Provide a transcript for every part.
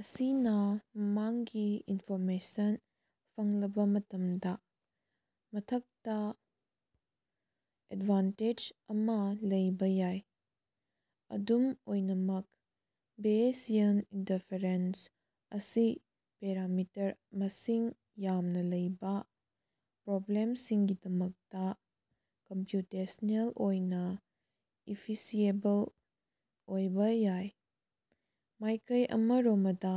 ꯑꯁꯤꯅꯥ ꯃꯃꯥꯡꯒꯤ ꯏꯟꯐꯣꯔꯃꯦꯁꯟ ꯐꯪꯂꯕꯥ ꯃꯇꯝꯗꯥ ꯃꯊꯛꯇꯥ ꯑꯦꯗꯚꯥꯟꯇꯦꯖ ꯑꯃꯥ ꯂꯩꯕꯥ ꯌꯥꯏ꯫ ꯑꯗꯨꯝ ꯑꯣꯏꯅꯃꯛ ꯕꯦꯌꯦꯁꯤꯌꯟ ꯏꯟꯇꯔꯐꯦꯔꯦꯟꯁ ꯑꯁꯤ ꯄꯦꯔꯥꯃꯤꯇꯔ ꯃꯁꯤꯡ ꯌꯥꯝꯅꯥ ꯂꯩꯕꯥ ꯄ꯭ꯔꯣꯕ꯭ꯂꯦꯝꯁꯤꯡꯒꯤꯗꯃꯛꯇꯥ ꯀꯝꯄ꯭ꯌꯨꯇꯦꯁꯅꯦꯜ ꯑꯣꯏꯅꯥ ꯏꯐꯤꯁꯤꯑꯦꯕꯜ ꯑꯣꯏꯕꯥ ꯌꯥꯏ꯫ ꯃꯥꯢꯀꯩ ꯑꯃꯔꯣꯃꯗꯥ,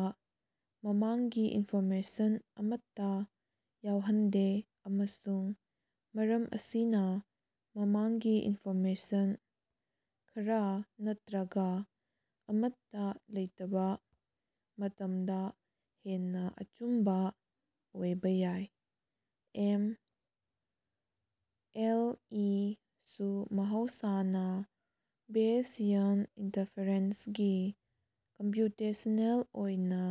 ꯃꯃꯥꯡꯒꯤ ꯏꯟꯐꯣꯔꯃꯦꯁꯟ ꯑꯃꯠꯇꯥ ꯌꯥꯎꯍꯟꯗꯦ ꯑꯃꯁꯨꯡ ꯃꯔꯝ ꯑꯁꯤꯅꯥ ꯃꯃꯥꯡꯒꯤ ꯏꯟꯐꯣꯔꯃꯦꯁꯟ ꯈꯔꯥ ꯅꯠꯇ꯭ꯔꯒꯥ ꯑꯃꯠꯇꯥ ꯂꯩꯇꯕꯥ ꯃꯇꯝꯗꯥ ꯍꯦꯟꯅꯥ ꯑꯆꯨꯝꯕꯥ ꯑꯣꯏꯕꯥ ꯌꯥꯏ꯫ ꯑꯦꯝ. ꯑꯦꯜ. ꯏ. ꯁꯨ ꯃꯍꯧꯁꯥꯅꯥ ꯕꯦꯌꯦꯁꯤꯌꯟ ꯏꯟꯇꯔꯐꯦꯔꯦꯟꯁꯇꯒꯤ ꯀꯝꯄ꯭ꯌꯨꯇꯦꯁ꯭ꯅꯦꯜ ꯑꯣꯏꯅꯥ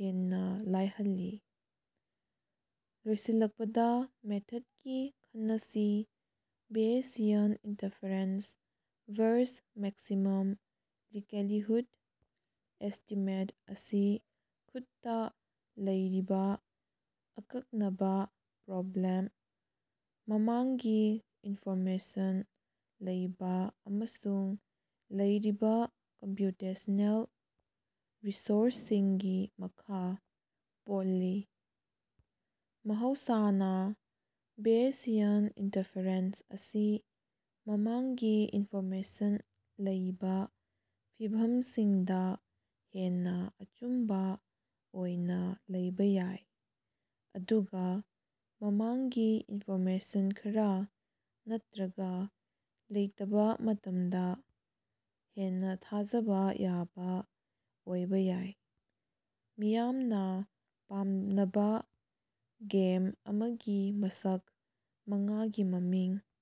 ꯍꯦꯟꯅꯥ ꯂꯥꯏꯍꯜꯂꯤ ꯫ ꯂꯣꯏꯁꯤꯜꯂꯛꯄꯗꯥ ꯃꯦꯊꯗꯀꯤ ꯈꯟꯅꯁꯤ, Bayesian inference versus maximum likelihood estimate ꯑꯁꯤ ꯈꯨꯠꯇꯥ ꯂꯩꯔꯤꯕꯥ ꯑꯀꯛꯅꯕꯥ ꯄ꯭ꯔꯣꯕ꯭ꯂꯦꯝ, ꯃꯃꯥꯡꯒꯤ ꯏꯟꯐꯣꯔꯃꯦꯁꯟ ꯂꯩꯕꯥ ꯑꯃꯁꯨꯡ ꯂꯩꯔꯤꯕꯥ ꯀꯝꯄ꯭ꯌꯨꯇꯦꯁ꯭ꯅꯦꯜ ꯔꯤꯁꯣꯔꯁꯁꯤꯡꯒꯤ ꯃꯈꯥ ꯄꯣꯜꯂꯤ꯫ ꯃꯍꯧꯁꯥꯅꯥ, ꯕꯦꯌꯦꯁꯤꯌꯟ ꯏꯟꯇꯔꯐꯦꯔꯦꯟꯁ ꯑꯁꯤ ꯃꯃꯥꯡꯒꯤ ꯏꯟꯐꯣꯔꯃꯦꯁꯟ ꯂꯩꯕꯥ ꯐꯤꯚꯝꯁꯤꯡꯗꯥ ꯍꯦꯟꯅꯥ ꯑꯆꯨꯝꯕꯥ ꯑꯣꯏꯅꯥ ꯂꯧꯕꯥ ꯌꯥꯏ, ꯑꯗꯨꯒꯥ ꯃꯃꯥꯡꯒꯤ ꯏꯟꯐꯣꯔꯃꯦꯁꯟ ꯈꯔꯥ ꯅꯠꯇ꯭ꯔꯒꯥ ꯂꯩꯇꯕꯥ ꯃꯇꯝꯗꯥ ꯍꯦꯟꯅꯥ ꯊꯥꯖꯕꯥ ꯌꯥꯕꯥ ꯑꯣꯏꯕꯥ ꯌꯥꯏ꯫ ꯃꯤꯌꯥꯝꯅꯥ ꯄꯥꯝꯅꯕꯥ ꯒꯦꯝ ꯑꯃꯒꯤ ꯃꯁꯛ ꯃꯉꯥꯒꯤ ꯃꯃꯤꯡ